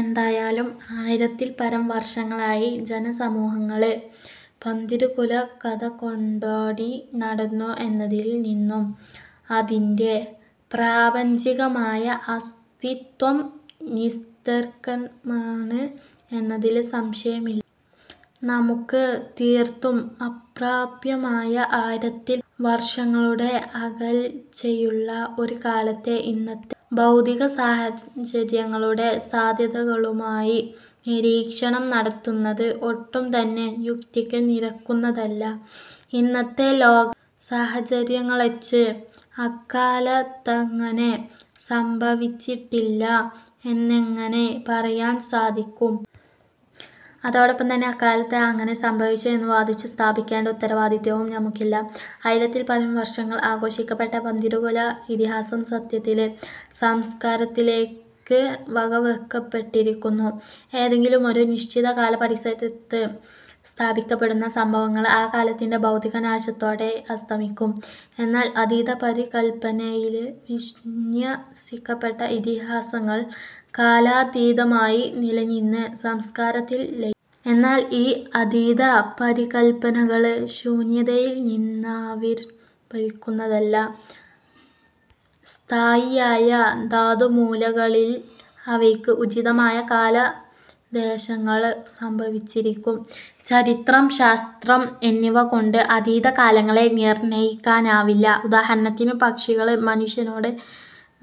എന്തായാലും ആയിരത്തില്പരം വര്ഷങ്ങളായി ജനസമൂഹങ്ങള് പന്തിരുകുലകഥ കൊണ്ടാടി നടന്നു എന്നതില് നിന്നും അതിന്റെ പ്രാപഞ്ചികമായ അസ്തിത്വം നിസ്തര്ക്കമാണ് എന്നതില് സംശയമില്ല. നമുക്ക് തീര്ത്തും അപ്രാപ്യമായ ആയിരത്തിൽ വര്ഷങ്ങളുടെ അകല്ച്ചയുള്ള ഒരു കാലത്തെ ഇന്നത്തെ ഭൗതികസാഹചര്യങ്ങളുടെ സാധ്യതകളുമായി നിരീക്ഷണം നടത്തുന്നത് ഒട്ടുംതന്നെ യുക്തിക്ക് നിരക്കുന്നതല്ല. ഇന്നത്തെ ലോകസാഹചര്യങ്ങള്വെച്ച് അക്കാലത്തങ്ങനെ സംഭവിച്ചിട്ടില്ല എന്നെങ്ങനെ പറയാന് സാധിക്കും. അതോടൊപ്പംതന്നെ അക്കാലത്ത് അങ്ങനെ സംഭവിച്ചു എന്ന് വാദിച്ചു സ്ഥാപിക്കേണ്ട ഉത്തരവാദിത്വവും നമുക്കില്ല. ആയിരത്തില്പരം വര്ഷങ്ങള് ആഘോഷിക്കപ്പെട്ട പന്തിരുകുല ഇതിഹാസം സത്യത്തില് സംസ്കാരത്തിലേക്ക് വകവെക്കപ്പെട്ടിരിക്കുന്നു. ഏതെങ്കിലുമൊരു നിശ്ചിതകാല പരിസരത്ത് സ്ഥാപിക്കപ്പെടുന്ന സംഭവങ്ങള് ആ കാലത്തിന്റെ ഭൗതിക നാശത്തോടെ അസ്തമിക്കും. എന്നാല് അതീത പരികല്പനയില് വിന്യസിക്കപ്പെട്ട ഇതിഹാസങ്ങള് കാലാതീതമായി നിലനിന്ന് 'സംസ്കാര'ത്തില് ലയി. എന്നാല് ഈ അതീതപരികല്പനകള് ശൂന്യതയില് നിന്നാവിര്ഭവിക്കുന്നതല്ല. സ്ഥായിയായ ധാതുമൂലകളില് അവയ്ക്ക് ഉചിതമായ കാലദേശങ്ങള് സംഭവിച്ചിരിക്കും. ചരിത്രം ശാസ്ത്രം എന്നിവകൊണ്ട് അതീത കാലങ്ങളെ നിര്ണയിക്കാനാവില്ല. ഉദാഹരണത്തിന് പക്ഷികള് മനുഷ്യനോട്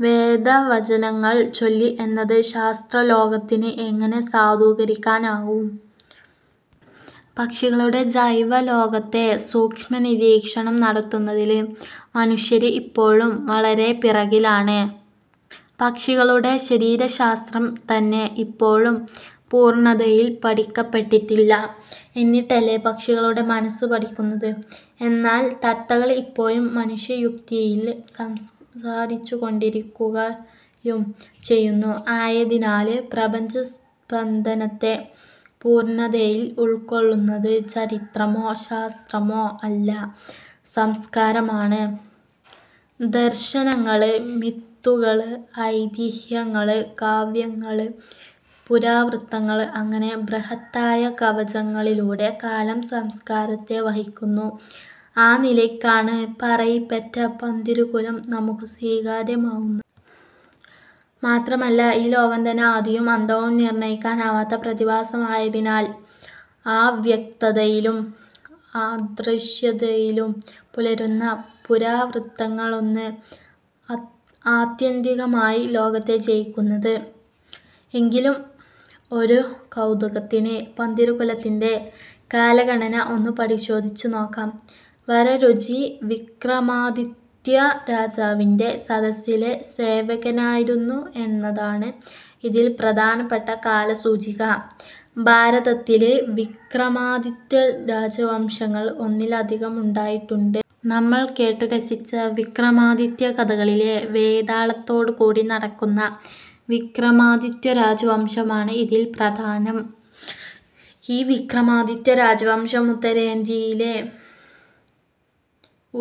വേദവചനങ്ങള് ചൊല്ലി എന്നത് ശാസ്ത്രലോകത്തിന് എങ്ങനെ സാധൂകരിക്കാനാവും. പക്ഷികളുടെ ജൈവലോകത്തെ സൂക്ഷ്മനിരീക്ഷണം നടത്തുന്നതില് മനുഷ്യര് ഇപ്പോഴും വളരെ പിറകിലാണ്. പക്ഷികളുടെ ശരീരശാസ്ത്രം തന്നെ ഇപ്പോഴും പൂര്ണതയില് പഠിക്കപ്പെട്ടിട്ടില്ല. എന്നിട്ടല്ലേ പക്ഷികളുടെ മനസ്സ് പഠിക്കുന്നത്. എന്നാല് തത്തകള് ഇപ്പോഴും മനുഷ്യയുക്തിയില് സംസ്കാരിച്ചുകൊണ്ടിരിക്കുകയും ചെയ്യുന്നു. ആയതിനാല് പ്രപഞ്ച സ്പന്ദനത്തെ പൂര്ണതയില് ഉള്ക്കൊള്ളുന്നത് ചരിത്രമോ ശാസ്ത്രമോ അല്ല സംസ്കാരമാണ്. ദര്ശനങ്ങള്, മിത്തുകള്, ഐതിഹ്യങ്ങള്, കാവ്യങ്ങള്, പുരാവൃത്തങ്ങള് അങ്ങനെ ബൃഹത്തായ കവചങ്ങളിലൂടെ കാലം സംസ്കാരത്തെ വഹിക്കുന്നു. ആ നിലയ്ക്കാണ് പറയിപെറ്റ പന്തിരുകുലം നമുക്ക് സ്വീകാര്യമാവുന്ന. മാത്രമല്ല ഈ ലോകംതന്നെ ആദിയും അന്തവും നിര്ണയിക്കാനാവാത്ത പ്രതിഭാസമായതിനാല് അവ്യക്തതയിലും അദൃശ്യതയിലും പുലരുന്ന പുരാവൃത്തങ്ങളാണ് ആത്യന്തികമായി ലോകത്തെ ജയിക്കുന്നത്. എങ്കിലും ഒരു കൗതുകത്തിന് പന്തിരുകുലത്തിന്റെ കാലഗണന ഒന്നു പരിശോധിച്ചുനോക്കാം. വരരുചി വിക്രമാദിത്യരാജാവിന്റെ സദസ്സിലെ സേവകനായിരുന്നു എന്നതാണ് ഇതില് പ്രധാനപ്പെട്ട കാലസൂചിക. ഭാരതത്തില് വിക്രമാദിത്യ രാജവംശങ്ങള് ഒന്നിലധികമുണ്ടായിട്ടുണ്ട്. നമ്മള് കേട്ടുരസിച്ച വിക്രമാദിത്യകഥകളിലെ വേതാളത്തോടുകൂടി നടക്കുന്ന വിക്രമാദിത്യ രാജവംശമാണ് ഇതില് പ്രധാനം. ഈ വിക്രമാദിത്യ രാജവംശം ഉത്തരേന്ത്യയിലെ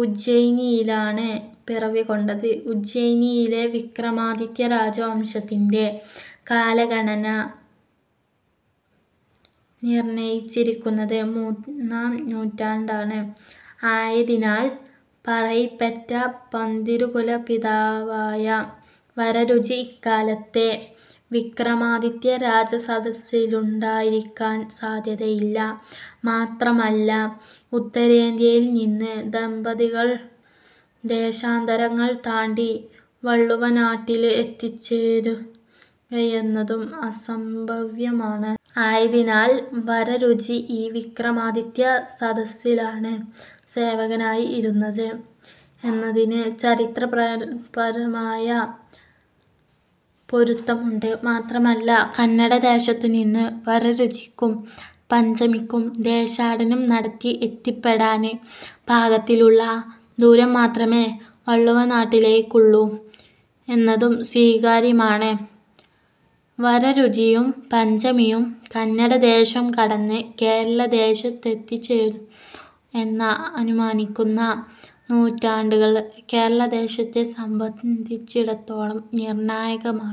ഉജ്ജയിനിയിലാണ് പിറവികൊണ്ടത്. ഉജ്ജയിനിയിലെ വിക്രമാദിത്യ രാജവംശത്തിന്റെ കാലഗണന നിര്ണയിച്ചിരിക്കുന്നത് മൂന്നാംനൂറ്റാണ്ടാണ്. ആയതിനാല് പറയിപെറ്റ പന്തിരുകുല പിതാവായ വരരുചി ഇക്കാലത്തെ വിക്രമാദിത്യ രാജസദസ്സിലുണ്ടായിരിക്കാന് സാധ്യതയില്ല. മാത്രമല്ല ഉത്തരേന്ത്യയില് നിന്ന് ദമ്പതികള് ദേശാന്തരങ്ങള് താണ്ടി വള്ളുവനാട്ടില് എത്തിച്ചേരുകയെന്നതും അസംഭവ്യമാ. ആയതിനാല് വരരുചി ഈ വിക്രമാദിത്യ സദസ്സിലാണ് സേവകനായി ഇരുന്നത് എന്നതിന് ചരിത്രപ്രപരമായ പൊരുത്തമുണ്ട്. മാത്രമല്ല. കന്നഡദേശത്തുനിന്ന് വരരുചിക്കും പഞ്ചമിക്കും ദേശാടനം നടത്തി എത്തിപ്പെടാന് പാകത്തിലുള്ള ദൂരം മാത്രമേ വള്ളുവനാട്ടിലേക്കുള്ളൂ എന്നതും സ്വീകാര്യമാണ്. വരരുചിയും പഞ്ചമിയും കന്നഡദേശം കടന്ന് കേരളദേശത്തെത്തിച്ചേ എന്ന് അനുമാനിക്കാവുന്ന നൂറ്റാണ്ടുകള് കേരളദേശത്തെ സംബന്ധിച്ചിടത്തോളം നിര്ണായകമാണ്.